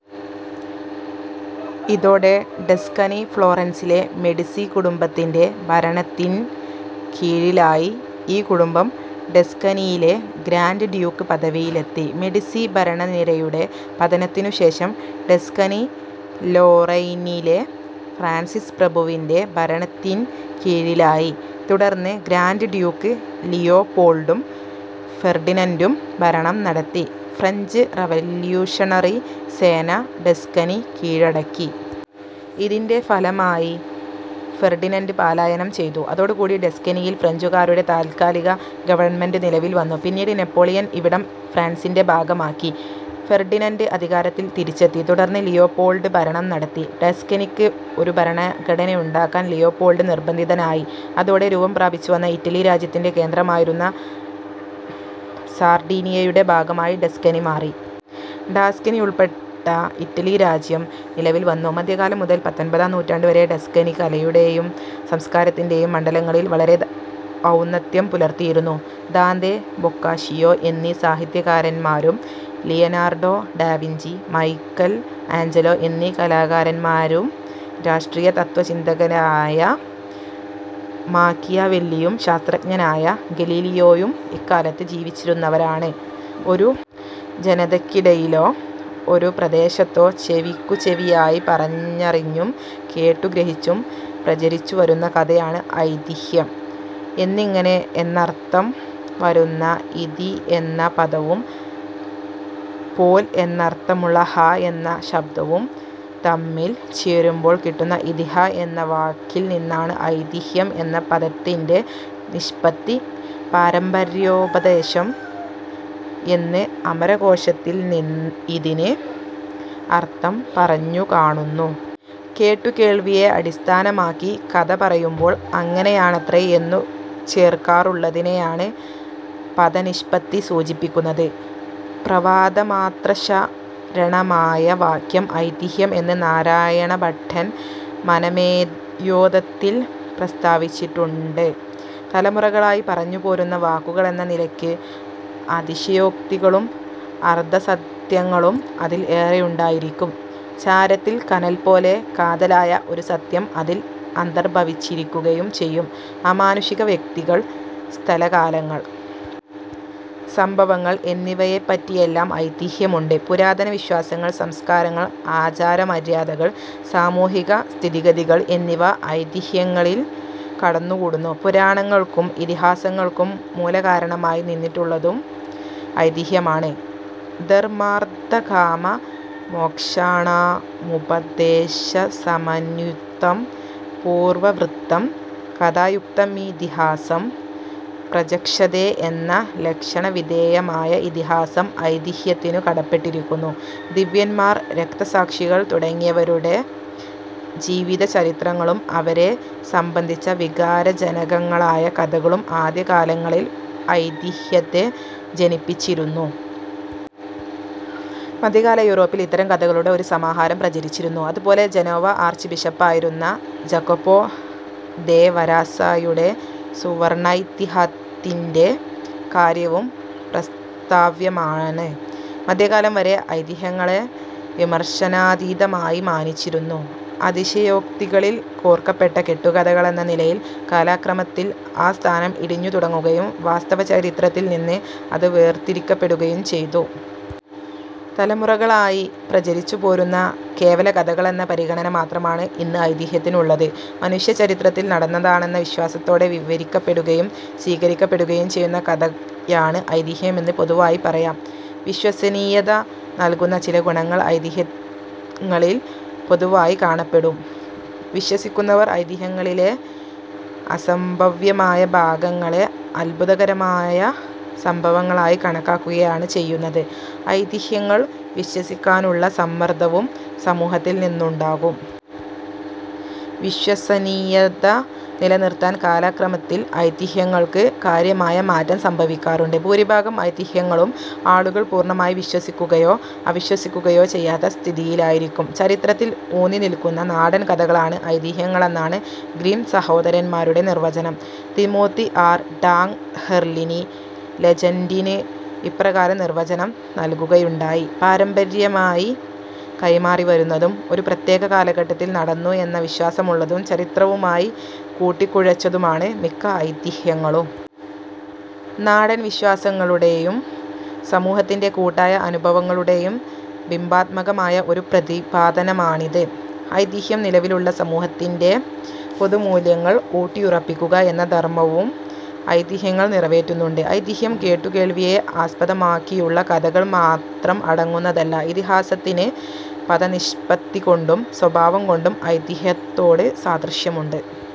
ഇതോടെ Tuscany ഫ്ലോറൻസിലെ Medici കുടുംബത്തിൻ്റെ ഭരണത്തിൻ കീഴിലായി. ഈ കുടുംബം ടസ്കനിയിലെ ഗ്രാൻഡ് ഡ്യൂക്ക് പദവിയിലെത്തി. മെഡിസി ഭരണനിരയുടെ പതനത്തിനുശേഷം ടസ്കനി ലൊറെയ്നിലെ ഫ്രാൻസിസ് പ്രഭുവിൻ്റെ ഭരണത്തിൻകീഴിലായി. തുടർന്ന് ഗ്രാൻഡ് ഡ്യൂക്ക് ലിയോപോൾഡും ഫെർഡിനന്റും ഭരണം നടത്തി. ഫ്രഞ്ച് റവല്യൂഷണറി സേന ടസ്കനി കീഴടക്കി. ഇതിൻ്റെ ഫലമായി ഫെർഡിനന്റ് പലായനം ചെയ്തു. അതോടുകൂടി ടസ്കനിയിൽ ഫ്രഞ്ചുകാരുടെ താത്കാലിക ഗവൺമെന്റ് നിലവിൽ വന്നു. പിന്നീട് നെപ്പോളിയൻ ഇവിടം ഫ്രാൻസിൻ്റെ ഭാഗമാക്കി. ഫെർഡിനന്റ് അധികാരത്തിൽ തിരിച്ചെത്തി. തുടർന്ന് ലിയോപോൾഡ് ഭരണം നടത്തി. ടസ്കനിക്ക് ഒരു ഭരണഘടനയുണ്ടാക്കാൻ ലിയോപോൾഡ് നിർബന്ധിതനായി. അതോടെ രൂപംപ്രാപിച്ചുവന്ന ഇറ്റലി രാജ്യത്തിൻ്റെ കേന്ദ്രമായിരുന്ന സാർഡീനിയയുടെ ഭാഗമായി ടസ്കനി മാറി. ടസ്കനി ഉൾപ്പെട്ട ഇറ്റലി രാജ്യം നിലവിൽവന്നു. മധ്യകാലം മുതൽ പത്തൊൻപതാം നൂറ്റാണ്ടുവരെ ടസ്കനി കലയുടെയും സംസ്കാരത്തിൻ്റെ യും മണ്ഡലങ്ങളിൽ വളരെ ഔന്നത്യം പുലർത്തിയിരുന്നു. ദാന്തെ. ബൊക്കാഷിയോ എന്നീ സാഹിത്യകാരന്മാരും ലിയനാർഡോ ഡാവിഞ്ചി. മൈക്കൽ ആഞ്ചലോ എന്നീ കലാകാരന്മാരും രാഷ്ട്രീയ തത്ത്വചിന്തകനായ മാക്കിയവെല്ലിയും ശാസ്ത്രജ്ഞനായ ഗലീലിയോയും ഇക്കാലത്ത് ജീവിച്ചിരുന്നവരാണ്. ഒരു ജനതയ്ക്കിടയിലോ ഒരു പ്രദേശത്തോ ചെവിക്കുചെവിയായി പറഞ്ഞറിഞ്ഞും കേട്ടുഗ്രഹിച്ചും പ്രചരിച്ചുവരുന്ന കഥയാണ് ഐതിഹ്യം. എന്നിങ്ങനെ എന്നർഥം വരുന്ന ഇതി എന്ന പദവും പോൽ എന്നർഥമുള്ള ഹ എന്ന ശബ്ദവും തമ്മിൽ ചേരുമ്പോൾ കിട്ടുന്ന ഇതിഹ എന്ന വാക്കിൽനിന്നാണ് ഐതിഹ്യം എന്ന പദത്തിൻ്റെ നിഷ്പത്തി. പാരമ്പര്യോപദേശം എന്ന് അമരകോശത്തിൽ ഇതിന് അർഥം പറഞ്ഞുകാണുന്നു. കേട്ടുകേൾവിയെ അടിസ്ഥാനമാക്കി കഥ പറയുമ്പോൾ അങ്ങനെയാണത്രേ എന്നു ചേർക്കാറുള്ളതിനെയാണ് പദനിഷ്പത്തി സൂചിപ്പിക്കുന്നത്. പ്രവാദമാത്രശരണമായ വാക്യം ഐതിഹ്യം എന്ന് നാരായണഭട്ടൻ മനമേയോദയത്തിൽ പ്രസ്താവിച്ചിട്ടുണ്ട്. തലമുറകളായി പറഞ്ഞുപോരുന്ന വാക്കുകളെന്ന നിലയ്ക്ക് അതിശയോക്തികളും അർധസത്യങ്ങളും അതിൽ ഏറെയുണ്ടായിരിക്കും. ചാരത്തിൽ കനൽപോലെ കാതലായ ഒരു സത്യം അതിൽ അന്തർഭവിച്ചിരിക്കുകയും ചെയ്യും. അമാനുഷിക വ്യക്തികൾ. സ്ഥലകാലങ്ങൾ. സംഭവങ്ങൾ എന്നിവയെപ്പറ്റിയെല്ലാം ഐതിഹ്യമുണ്ട്. പുരാതന വിശ്വാസങ്ങൾ. സംസ്കാരങ്ങൾ. ആചാരമര്യാദകൾ. സാമൂഹികസ്ഥിതിഗതികൾ എന്നിവ ഐതിഹ്യങ്ങളിൽ കടന്നുകൂടുന്നു. പുരാണങ്ങൾക്കും ഇതിഹാസങ്ങൾക്കും മൂലകാരണമായി നിന്നിട്ടുള്ളതും ഐതിഹ്യമാണ്. ധർമാർഥകാമമോക്ഷാണാമുപദേശസമന്വിതം പൂർവവൃത്തം കഥായുക്തമിതിഹാസം പ്രചക്ഷതേ എന്ന ലക്ഷണവിധേയമായ ഇതിഹാസം ഐതിഹ്യത്തിനു കടപ്പെട്ടിരിക്കുന്നു. ദിവ്യന്മാർ. രക്തസാക്ഷികൾ തുടങ്ങിയവരുടെ ജീവചരിത്രങ്ങളും അവരെ സംബന്ധിച്ച വികാരജനകങ്ങളായ കഥകളും ആദ്യകാലങ്ങളിൽ ഐതിഹ്യത്തെ ജനിപ്പിച്ചിരുന്നു. മധ്യകാല യൂറോപ്പിൽ ഇത്തരം കഥകളുടെ ഒരു സമാഹാരം പ്രചരിച്ചിരുന്നു. അതുപോലെ ജനോവ ആർച്ച് ബിഷപ്പായിരുന്ന ജാകൊപോ ദെ വരാസ്സായുടെ സുവർണൈതിഹ്യത്തിൻ്റെ കാര്യവും പ്രസ്താവ്യമാണ്. മധ്യകാലം വരെ ഐതിഹ്യങ്ങളെ വിമർശനാതീതമായി മാനിച്ചിരുന്നു. അതിശയോക്തികളിൽ കോർക്കപ്പെട്ട കെട്ടുകഥകളെന്ന നിലയിൽ കാലക്രമത്തിൽ ആ സ്ഥാനം ഇടിഞ്ഞുതുടങ്ങുകയും വാസ്തവചരിത്രത്തിൽനിന്ന് അത് വേർതിരിക്കപ്പെടുകയും ചെയ്തു. തലമുറകളായി പ്രചരിച്ചുപോരുന്ന കേവലകഥകളെന്ന പരിഗണന മാത്രമാണ് ഇന്ന് ഐതിഹ്യത്തിനുള്ളത്. മനുഷ്യചരിത്രത്തിൽ നടന്നതാണെന്ന വിശ്വാസത്തോടെ വിവരിക്കപ്പെടുകയും സ്വീകരിക്കപ്പെടുകയും ചെയ്യുന്ന കഥയാണ് ഐതിഹ്യം എന്ന് പൊതുവായി പറയാം. വിശ്വസനീയത നൽകുന്ന ചില ഗുണങ്ങൾ ഐതിഹ്യങ്ങളിൽ പൊതുവായി കാണപ്പെടും. വിശ്വസിക്കുന്നവർ ഐതിഹ്യങ്ങളിലെ അസംഭവ്യമായ ഭാഗങ്ങളെ അത്ഭുതകരമായ സംഭവങ്ങളായി കണക്കാക്കുകയാണ് ചെയ്യുന്നത്. ഐതിഹ്യങ്ങൾ വിശ്വസിക്കാനുള്ള സമ്മർദവും സമൂഹത്തിൽനിന്നുണ്ടാകും. വിശ്വസനീയത നിലനിർത്താൻ കാലക്രമത്തിൽ ഐതിഹ്യങ്ങൾക്ക് കാര്യമായ മാറ്റം സംഭവിക്കാറുണ്ട്. ഭൂരിഭാഗം ഐതിഹ്യങ്ങളും ആളുകൾ പൂർണമായി വിശ്വസിക്കുകയോ അവിശ്വസിക്കുകയോ ചെയ്യാത്ത സ്ഥിതിയിലായിരിക്കും. ചരിത്രത്തിൽ ഊന്നിനിൽക്കുന്ന നാടൻകഥകളാണ് ഐതിഹ്യങ്ങളെന്നാണ് ഗ്രിം സഹോദരന്മാരുടെ നിർവചനം. Timothy R. ടാങ്ഹെർലിനി ലെജന്റിന് ഇപ്രകാരം നിർവചനം നൽകുകയുണ്ടായി. പാരമ്പര്യമായി കൈമാറിവരുന്നതും ഒരു പ്രത്യേക കാലഘട്ടത്തിൽ നടന്നു എന്ന വിശ്വാസമുള്ളതും ചരിത്രവുമായി കൂട്ടിക്കുഴച്ചതുമാണ് മിക്ക ഐതിഹ്യങ്ങളും. നാടൻ വിശ്വാസങ്ങളുടെയും സമൂഹത്തിൻ്റെ കൂട്ടായ അനുഭവങ്ങളുടെയും ബിംബാത്മകമായ ഒരു പ്രതിപാദനമാണിത്. ഐതിഹ്യം നിലവിലുള്ള സമൂഹത്തിൻ്റെ പൊതുമൂല്യങ്ങൾ ഊട്ടിയുറപ്പിക്കുക എന്ന ധർമവും ഐതിഹ്യങ്ങൾ നിറവേറ്റുന്നുണ്ട്. ഐതിഹ്യം കേട്ടുകേൾവിയെ ആസ്പദമാക്കിയുള്ള കഥകൾ മാത്രം അടങ്ങുന്നതല്ല. ഇതിഹാസത്തിന് പദനിഷ്പത്തികൊണ്ടും സ്വഭാവംകൊണ്ടും ഐതിഹ്യത്തോട് സാദൃശ്യമുണ്ട്.